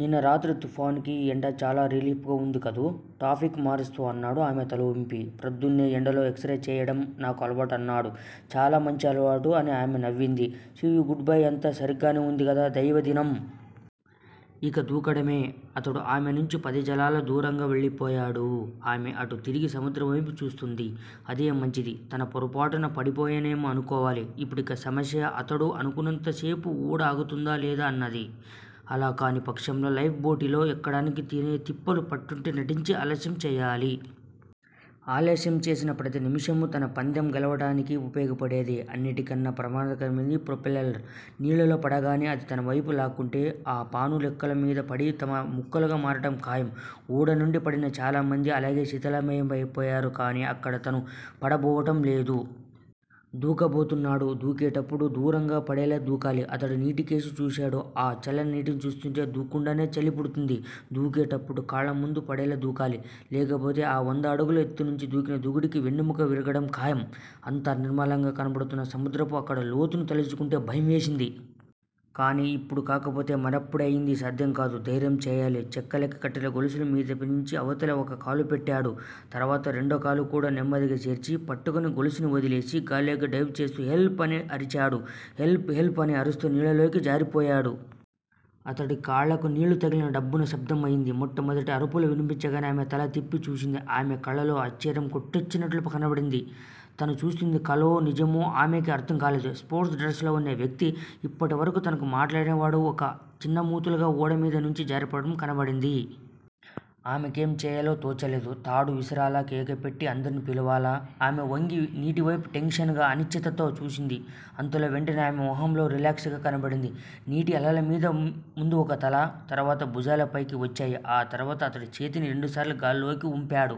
నిన్న రాత్రి తుఫానుకి ఈ ఎండ చాలా రిలీఫ్ గా వుంది కదూ! టాపిక్ మారుస్తూ అన్నాడు. ఆమె తలూపింది. ప్రొద్దున్నే ఎండలో ఎక్సర్ సైజు చెయ్యటం నాకు అలవాటు అన్నాడు. చాలా మంచి ఆలవాటు అని ఆమె నవ్వింది. సీ యూ గుడ్ బై అంతా సరీగ్గానే ఉంది దైవాధీనం! ఇక దూకటమే!!! అతడు ఆమెనుంచి పదిగజాల దూరంగా వెళ్లాడు. ఆమె అటు తిరిగి సముద్రంవైపు చూస్తూంది. అదే మంచిది. తను పొరపాటున పడిపోయాననే అనుకోవాలి. ఇప్పుడిక సమస్య- అతడు అనుకున్నంతసేపు ఓడ ఆగుతుందా లేదా అన్నది. అలా కాని పక్షంలో లైఫ్ బోటులో ఎక్కటానికి తనే తిప్పలు పడ్డట్టూ నటించి ఆలస్యం చెయ్యాలి. ఆలస్యం చేసిన ప్రతి నిమిషమూ తన పందెం గెలవటానికి ఉపయోగపడేదే! అన్నిటికన్నా ప్రమాదకరమైనది ప్రోపెల్లరు. నీళ్ళల్లో పడగానే అది తనవైపు లాక్కుంటే, ఆ ఫాను రెక్కలమధ్య పడి తను ముక్కలుగా మారటం ఖాయం. ఓడనుండి పడిన చాలా మంది, అలాగే శిథిలమైపోయారు. కానీ ఇక్కడ తను 'పడ' బోవటం లేదు. 'దూక' బోతున్నాడు. దూకేటప్పుడే దూరంగా పడేలా దూకాలి. అతడు నీటికేసి చూశాడు. ఆ చల్లటి నీటిని చూస్తూంటే దూక్కండనే చలి పుడుతోంది. దూకేటప్పుడు కాళ్ళు ముందు పడేలా దూకాలి. లేకపోతే ఆ వంద అడుగుల ఎత్తునుంచి దూకిన దూకుడుకి వెన్నెముక విరగటం ఖాయం. అంత నిర్మలంగా కనబడుతున్న సముద్రపు అక్కడి లోతుని తలుచుకుంటే భయం వేసింది. కానీ ఇప్పుడు కాకపోతే మరెప్పుడూ యిది సాధ్యం కాదు. ధైర్యం చెయ్యాలి. చెక్కలకి కట్టిన గొలుసులు మీదనుంచి అవతలికి ఒక కాలు పెట్టాడు. తరువాత రెండోకాలుకూడా నెమ్మదిగా చేర్చి, పట్టుకున్న గొలుసుని వదిలేసి గాలిలోకి డైవ్ చేస్తూ, హెల్ప్! అని అరిచాడు. హెల్ప్! హెల్ప్! అని అరుస్తూ నీళ్ళలోకి జారిపోయాడు. అతడి కాళ్ళకి నీళ్ళు తగిలి దబ్బున శబ్దం అయింది. మొట్టమొదటి అరుపు వినిపించగానే ఆమె తల తిప్పి చూసింది. ఆమె కళ్ళల్లో ఆశ్చర్యం కొట్టొచ్చినట్టు కనబడింది. తను చూస్తున్నది కలో. నిజమో ఆమెకి అర్థంకాలేదు. స్పోర్ట్స్ డ్రెస్ లో వున్న వ్యక్తి, ఇప్పటివరకూ తనతో మాట్లాడినవాడు ఒక చిన్న మూతలాగా ఓడ మీదనుంచి జారిపోవటం కనబడింది. ఆమెకేం చెయ్యాలో తోచలేదు. తాడు విసరాలా, కేకలు పెట్టి అందర్నీ పిలవాలా? ఆమె వంగి నీటివైపు టెన్స్ గా, అనిశ్చితతో చూసింది. అంతలో వెంటనే ఆమె మొహంలో రిలాక్సేషన్ కనబడింది. నీటి అలలమీద ముందు ఒక తల, తరువాత భూజాలూ పైకి వచ్చాయి. ఆ తరువాత అతడు చేతిని రెండుసార్లు గాలిలోకి వూపాడు.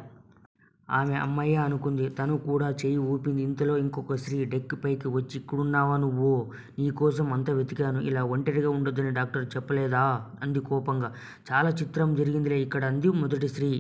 ఆమె అమ్మయ్య అనుకుంది. తను కూడా చెయ్యి వూపింది. ఇంతలో ఇంకొక స్త్రీ, డెక్ పైకి వచ్చి ఇక్కడున్నావా నువ్వు? నీ కోసం అంతా వెతికాను. ఇలా ఒంటరిగా ఉండొద్దని డాక్టరు చెప్పలేదూ అంది కోపంగా. చాలా చిత్రం జరిగిందిలే ఇక్కడ అంది మొదటి స్త్రీ.